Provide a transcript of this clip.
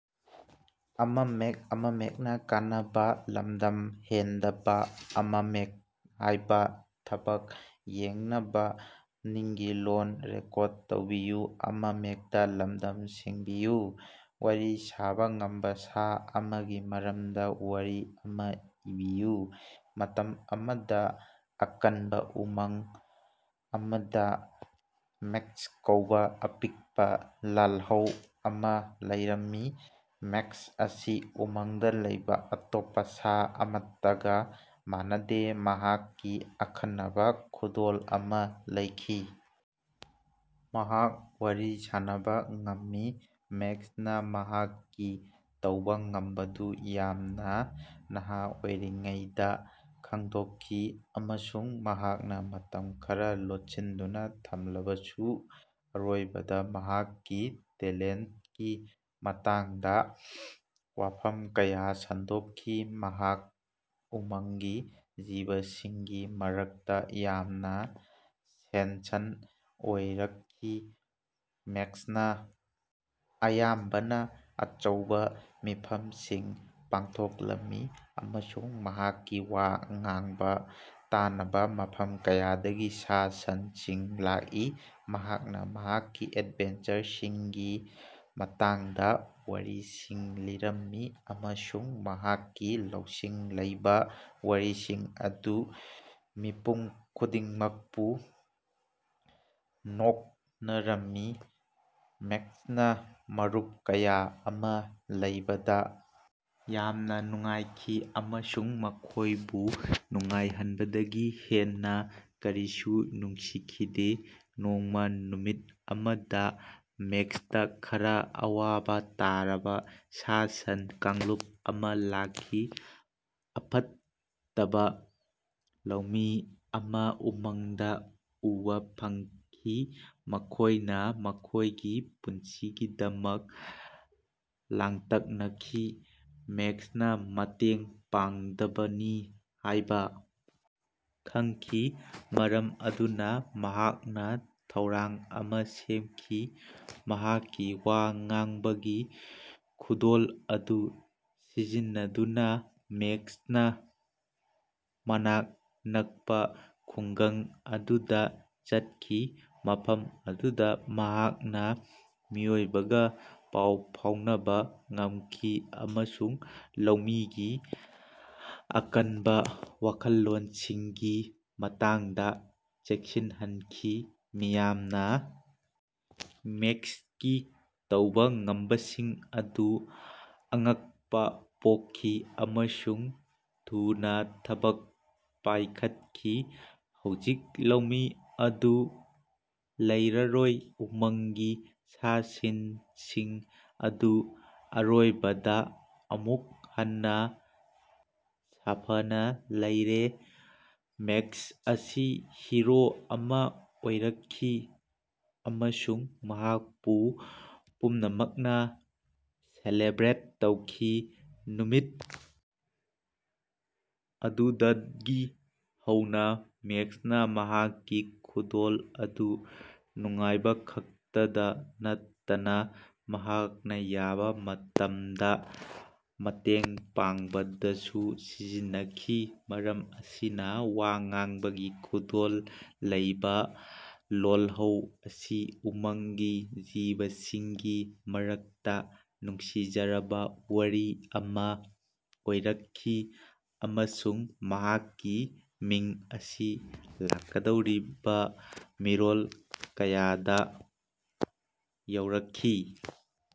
ꯋꯥꯔꯤ ꯁꯥꯕ ꯉꯝꯕ ꯁꯥ ꯑꯃꯒꯤ ꯃꯔꯝꯗ ꯋꯥꯔꯤ ꯑꯃ ꯏꯕꯤꯌꯨ꯫ ꯃꯇꯝ ꯑꯃꯗ, ꯑꯀꯟꯕ ꯎꯃꯪ ꯑꯃꯗ, ꯃꯦꯛꯁ ꯀꯧꯕ ꯑꯄꯤꯛꯄ ꯂꯥꯜꯍꯧ ꯑꯃ ꯂꯩꯔꯝꯃꯤ꯫ ꯃꯦꯛꯁ ꯑꯁꯤ ꯎꯃꯪꯗ ꯂꯩꯕ ꯑꯇꯣꯞꯄ ꯁꯥ ꯑꯃꯠꯇꯒ ꯃꯥꯟꯅꯗꯦ꯫ ꯃꯍꯥꯛꯀꯤ ꯑꯈꯟꯅꯕ ꯈꯨꯗꯣꯜ ꯑꯃ ꯂꯩꯈꯤ꯫ ꯃꯍꯥꯛ ꯋꯥꯔꯤ ꯁꯥꯟꯅꯕ ꯉꯝꯃꯤ꯫ ꯃꯦꯛꯁꯅ ꯃꯍꯥꯛꯀꯤ ꯇꯧꯕ ꯉꯝꯕꯗꯨ ꯌꯥꯝꯅ ꯅꯍꯥ ꯑꯣꯏꯔꯤꯉꯩꯗ ꯈꯪꯗꯣꯛꯈꯤ ꯑꯃꯁꯨꯡ ꯃꯍꯥꯛꯅ ꯃꯇꯝ ꯈꯔ ꯂꯣꯠꯁꯤꯟꯗꯨꯅ ꯊꯝꯂꯕꯁꯨ ꯑꯔꯣꯏꯕꯗ ꯃꯍꯥꯛꯀꯤ ꯇꯦꯂꯦꯟꯇꯀꯤ ꯃꯇꯥꯡꯗ ꯋꯥꯐꯝ ꯀꯌꯥ ꯁꯟꯗꯣꯛꯈꯤ꯫ ꯃꯍꯥꯛ ꯎꯃꯪꯒꯤ ꯖꯤꯕꯁꯤꯡꯒꯤ ꯃꯔꯛꯇ ꯌꯥꯝꯅ ꯁꯦꯟꯁꯟ ꯑꯣꯏꯔꯛꯈꯤ꯫ ꯃꯦꯛꯁꯅ ꯑꯌꯥꯝꯕꯅ ꯑꯆꯧꯕ ꯃꯤꯐꯝꯁꯤꯡ ꯄꯥꯡꯊꯣꯛꯂꯝꯃꯤ ꯑꯃꯁꯨꯡ ꯃꯍꯥꯛꯀꯤ ꯋꯥ ꯉꯥꯡꯕ ꯇꯥꯅꯕ ꯃꯐꯝ ꯀꯌꯥꯗꯒꯤ ꯁꯥ-ꯁꯟꯁꯤꯡ ꯂꯥꯛꯏ꯫ ꯃꯍꯥꯛꯅ ꯃꯍꯥꯛꯀꯤ ꯑꯦꯗꯚꯦꯟꯆꯔꯁꯤꯡꯒꯤ ꯃꯇꯥꯡꯗ ꯋꯥꯔꯤꯁꯤꯡ ꯂꯤꯔꯝꯃꯤ ꯑꯃꯁꯨꯡ ꯃꯍꯥꯛꯀꯤ ꯂꯧꯁꯤꯡ ꯂꯩꯕ ꯋꯥꯔꯤꯁꯤꯡ ꯑꯗꯨꯅ ꯃꯤꯄꯨꯝ ꯈꯨꯗꯤꯡꯃꯛꯄꯨ ꯅꯣꯛꯅꯔꯝꯃꯤ꯫ ꯃꯦꯛꯁꯅ ꯃꯔꯨꯞ ꯀꯌꯥ ꯑꯃ ꯂꯩꯕꯗ ꯌꯥꯝꯅ ꯅꯨꯡꯉꯥꯏꯈꯤ ꯑꯃꯁꯨꯡ ꯃꯈꯣꯏꯕꯨ ꯅꯨꯡꯉꯥꯏꯍꯟꯕꯗꯒꯤ ꯍꯦꯟꯅ ꯀꯔꯤꯁꯨ ꯅꯨꯡꯁꯤꯈꯤꯗꯦ꯫ ꯅꯣꯡꯃ ꯅꯨꯃꯤꯠ ꯑꯃꯗ ꯃꯦꯛꯁꯇ ꯈꯔ ꯑꯋꯥꯕ ꯇꯥꯔꯕ ꯁꯥ-ꯁꯟ ꯀꯥꯡꯂꯨꯞ ꯑꯃ ꯂꯥꯛꯈꯤ꯫ ꯐꯠꯇꯕ ꯂꯧꯃꯤ ꯑꯃ ꯎꯃꯪꯗ ꯎꯕ ꯐꯪꯈꯤ꯫ ꯃꯈꯣꯏꯅ ꯃꯈꯣꯏꯒꯤ ꯄꯨꯟꯁꯤꯒꯤꯗꯃꯛ ꯂꯥꯡꯇꯛꯅꯈꯤ꯫ ꯃꯦꯛꯁꯅ ꯃꯇꯦꯡ ꯄꯥꯡꯒꯗꯕꯅꯤ ꯍꯥꯏꯕ ꯈꯪꯈꯤ꯫ ꯃꯔꯝ ꯑꯗꯨꯅ ꯃꯍꯥꯛꯅ ꯊꯧꯔꯥꯡ ꯑꯃ ꯁꯦꯝꯈꯤ꯫ ꯃꯍꯥꯛꯀꯤ ꯋꯥ ꯉꯥꯡꯕꯒꯤ ꯈꯨꯗꯣꯜ ꯑꯗꯨ ꯁꯤꯖꯤꯟꯅꯗꯨꯅ ꯃꯦꯛꯁꯅ ꯃꯅꯥꯛ ꯅꯛꯄ ꯈꯨꯡꯒꯪ ꯑꯗꯨꯗ ꯆꯠꯈꯤ꯫ ꯃꯐꯝ ꯑꯗꯨꯗ ꯃꯍꯥꯛꯅ ꯃꯤꯑꯣꯏꯕꯒ ꯄꯥꯎ ꯐꯥꯎꯅꯕ ꯉꯝꯈꯤ ꯑꯃꯁꯨꯡ ꯂꯧꯃꯤꯒꯤ ꯑꯀꯟꯕ ꯋꯥꯈꯜꯂꯣꯟꯁꯤꯡꯒꯤ ꯃꯇꯥꯡꯗ ꯆꯦꯛꯁꯤꯟꯍꯟꯈꯤ꯫ ꯃꯤꯌꯥꯝꯅ ꯃꯦꯛꯁꯀꯤ ꯇꯧꯕ ꯉꯝꯕꯁꯤꯡ ꯑꯗꯨꯗ ꯑꯉꯛꯄ ꯄꯣꯛꯈꯤ ꯑꯃꯁꯨꯡ ꯊꯨꯅ ꯊꯕꯛ ꯄꯥꯏꯈꯠꯈꯤ꯫ ꯍꯧꯖꯤꯛ ꯂꯧꯃꯤ ꯑꯗꯨ ꯂꯩꯔꯔꯣꯏ, ꯎꯃꯪꯒꯤ ꯁꯥ-ꯁꯟꯁꯤꯡ ꯑꯗꯨ ꯑꯔꯣꯏꯕꯗ ꯑꯃꯨꯛ ꯍꯟꯅ ꯁꯥꯐꯅ ꯂꯩꯔꯦ꯫ ꯃꯦꯛꯁ ꯑꯁꯤ ꯍꯤꯔꯣ ꯑꯃ ꯑꯣꯏꯔꯛꯈꯤ ꯑꯃꯁꯨꯡ ꯃꯍꯥꯛꯄꯨ ꯄꯨꯝꯅꯃꯛꯅ ꯁꯦꯂꯦꯕ꯭ꯔꯦꯠ ꯇꯧꯈꯤ꯫ ꯅꯨꯃꯤꯠ ꯑꯗꯨꯗꯒꯤ ꯍꯧꯅ ꯃꯦꯛꯁꯅ ꯃꯍꯥꯛꯀꯤ ꯈꯨꯗꯣꯜ ꯑꯗꯨ ꯅꯨꯡꯉꯥꯏꯕꯈꯛꯇꯗ ꯅꯠꯇꯅ ꯃꯍꯥꯛꯅ ꯌꯥꯕ ꯃꯇꯝꯗ ꯃꯇꯦꯡ ꯄꯥꯡꯕꯗꯁꯨ ꯁꯤꯖꯤꯟꯅꯈꯤ꯫ ꯃꯔꯝ ꯑꯁꯤꯅ, ꯋꯥ ꯉꯥꯡꯕꯒꯤ ꯈꯨꯗꯣꯜ ꯂꯩꯕ ꯂꯥꯜꯍꯧ ꯑꯁꯤ ꯎꯃꯪꯒꯤ ꯖꯤꯕꯁꯤꯡꯒꯤ ꯃꯔꯛꯇ ꯅꯨꯡꯁꯤꯖꯔꯕ ꯋꯥꯔꯤ ꯑꯃ ꯑꯣꯏꯔꯛꯈꯤ ꯑꯃꯁꯨꯡ ꯃꯍꯥꯛꯀꯤ ꯃꯤꯡ ꯑꯁꯤ ꯂꯥꯛꯀꯗꯧꯔꯤꯕ ꯃꯤꯔꯣꯜ ꯀꯌꯥꯗ ꯌꯧꯔꯛꯈꯤ꯫